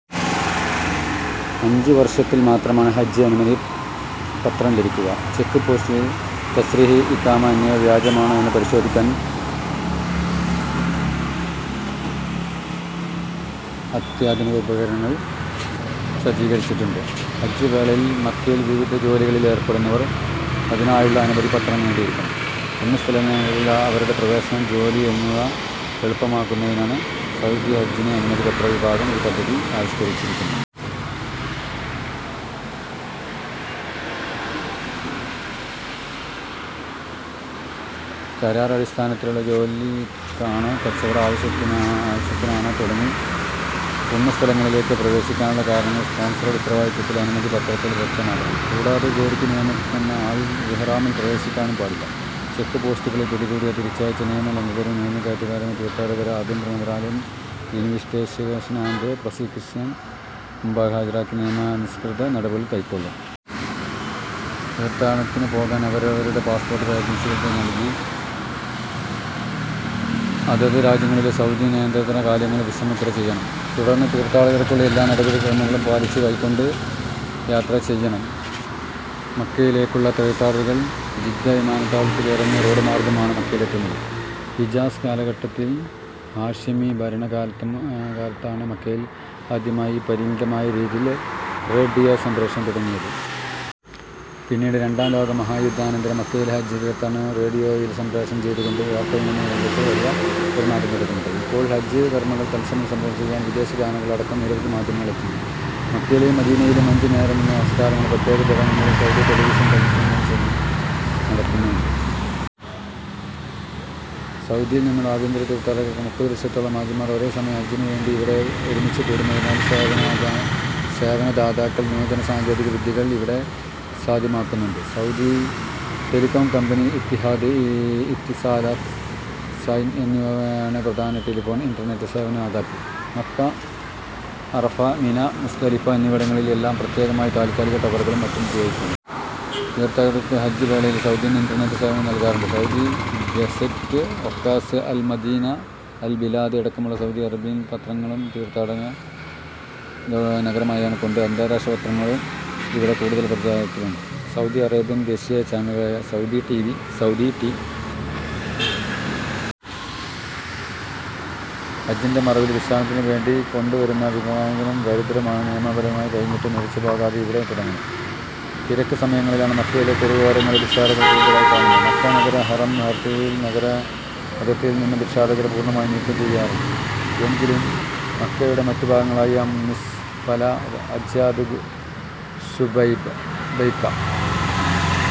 അഞ്ചു വർഷത്തിൽ ഒരിക്കൽ മാത്രമാണ് ഹജ്ജ് അനുമതി പത്രം ലഭിക്കുക. ചെക്ക്പോസ്റ്റുകളിൽ തസ്രീഹ്, ഇഖാമ എന്നിവ വ്യാജമാണോ എന്ന് പരിശോധിക്കാൻ അത്യാധുനിക ഉപകരണങ്ങൾ സജ്ജീകരിച്ചിട്ടുണ്ട്. ഹജ്ജ് വേളയിൽ മക്കയിൽ വിവിധ ജോലികളിലേർപ്പെടുന്നവർ അതിനായുള്ള അനുമതി പത്രം നേടിയിരിക്കണം. പുണ്യസ്ഥലങ്ങളിലേക്കുള്ള അവരുടെ പ്രവേശനം, ജോലി എന്നിവ എളുപ്പമാക്കുന്നതിനാണ് സൗദി ഹജ്ജ് അനുമതി പത്ര വിഭാഗം ഈ പദ്ധതി ആവിഷ്കരിച്ചിരിക്കുന്നത്. കരാർ അടിസ്ഥാനത്തിലുള്ള ജോലിക്കാണോ കച്ചവട ആവശ്യത്തിനാണോ തുടങ്ങി പുണ്യ സ്ഥലങ്ങളിലേക്ക് പ്രവേശിക്കാനുള്ള കാരണങ്ങൾ സ്പോൺസറുടെ ഉത്തരവാദിത്തത്തിൽ അനുമതി പത്രത്തിൽ വ്യക്തമാക്കണം. കൂടാതെ ജോലിക്ക് നിയമിക്കപ്പെടുന്ന ആൾ ഇഹ്റാമിൽ പ്രവേശിക്കാനും പാടില്ല. ചെക്പോസ്റ്റുകളിൽ പിടികൂടി തിരിച്ചയച്ച നിയമലംഘകരും നുഴഞ്ഞുകയറ്റക്കാരുമായ തീർഥാടകർക്കെതിരെ ആഭ്യന്തര മന്ത്രാലയം ഇൻവെസ്റ്റിഗേഷൻ ആൻറ് പ്രോസിക്യൂഷന് മുമ്പാകെ ഹാജരാക്കി നിയമാനുസൃത ശിക്ഷാനടപടികൾ കൈക്കൊള്ളും. തീർഥാടനത്തിനു പോകാൻ അവരവരുടെ പാസ്പോർട്ടുകൾ ഏജൻസികൾക്ക് നൽകി അതതു രാജ്യങ്ങളിലെ സൗദി നയതന്ത്ര കാര്യാലയങ്ങളിൽ വിസ മുദ്രണം ചെയ്യണം. തുടർന്ന് തീർഥാടകർക്കുള്ള എല്ലാ നടപടി ക്രമങ്ങളും പാലിച്ചു കൊണ്ട് യാത്ര ചെയ്യണം. മക്കയിലേക്കുള്ള തീർഥാടകർ ജിദ്ദ വിമാനത്താവളത്തിൽ ഇറങ്ങി റോഡ് മാർഗ്ഗം ആണ് മക്കയിലെത്തുന്നത്. ഹിജാസ് കാലഘട്ടത്തിൽ ഹാഷിമീ ഭരണ കാലത്താണ് മക്കയിൽ ആദ്യമായി പരിമിതമായ രീതിയിൽ റേഡിയോ സംപ്രേഷണം തുടങ്ങുന്നത്. പിന്നീട് രണ്ടാം ലോക മഹാ യുദ്ധാനന്തരം മക്കയിലെ ഹജ്ജ് തീർഥാടനം റേഡിയോയിൽ സംപ്രേഷണം ചെയ്തു കൊണ്ട് വാർത്താ വിനിമയ രംഗത്ത് വലിയ ഒരു മാറ്റത്തിന് തുടക്കമിട്ടു. ഇപ്പോൾ ഹജ്ജ് കർമങ്ങൾ തത്സമയം സംപ്രേഷണം ചെയ്യാൻ വിദേശ ചാനലുകൾ അടക്കം നിരവധി മാധ്യമങ്ങൾ എത്തുന്നുണ്ട്. മക്കയിലെയും മദീനയിലെയും അഞ്ചു നേരമുള്ള നമസ്കാരങ്ങളും പ്രത്യേക ചടങ്ങുകളും സൗദി ടെലിവിഷൻ തൽസമയ സംപ്രേഷണം നടത്തുന്നുണ്ട്. സൗദിയിൽ നിന്നുള്ള ആഭ്യന്തര തീർഥാടകരടക്കം മുപ്പതു ലക്ഷത്തോളം ഹാജിമാർ ഒരേ സമയം ഹജ്ജിനു വേണ്ടി ഇവിടെ ഒരുമിച്ചു കൂടുന്നതിനാൽ സേവനദാതാക്കൾ നൂതന സാങ്കേതിക വിദ്യകൾ ഇവിടെ സാധ്യമാക്കുന്നുണ്ട്. Saudi telecom company, Etihad Etisalat, Zain എന്നിവയാണ് പ്രധാന ടെലിഫോൺ, ഇന്റർനെറ്റ് സേവന ദാതാക്കൾ. മക്ക, അറഫ, മിനാ, മുസ്ദലിഫ എന്നിവിടങ്ങളിൽ എല്ലാം പ്രത്യേകമായി താൽകാലിക ടവറുകളും മറ്റും ഉപയോഗിക്കുന്നു. തീർഥാടകർക്കു ഹജ്ജ് വേളയിൽ സൗജന്യ ഇന്റർനെറ്റ് സേവനവും നൽകാറുണ്ട്. Saudi Gazette, Okaz, Al Madina, Al Bilad അടക്കമുള്ള സൗദി അറബിൻ പത്രങ്ങളും തീർഥാടക നഗരമായത് കൊണ്ട് അന്താരാഷ്ട്ര പത്രങ്ങളും ഇവിടെ കൂടുതൽ പ്രചാരത്തിലുണ്ട്. സൗദി അറേബ്യൻ ദേശീയ ചാനലുകളായ Saudi T. V, Saudi T. ഹജ്ജിന്റെ മറവിൽ ഭിക്ഷാടനത്തിനു വേണ്ടി കൊണ്ടുവരുന്ന വികലാംഗരും ദരിദ്രരുമാണ് സമയപരിധി കഴിഞ്ഞിട്ടും തിരിച്ചുപോകാതെ ഇവിടെ തങ്ങുന്നത്. തിരക്ക് സമയങ്ങളിലാണ് മക്കയിലെ തെരുവോരങ്ങളിൽ ഭിക്ഷാടകർ കൂടുതലായി കാണുന്നത്. മക്ക നഗരസഭ ഹറം അതിർത്തിയിൽ നിന്നും ഭിക്ഷാടകരെ പൂർണമായും നീക്കം ചെയ്യാറുണ്ട്. എങ്കിലും മക്കയുടെ മറ്റു ഭാഗങ്ങളായ മിസ്ഫല, അജ്യാദ്, ശുബൈഖ,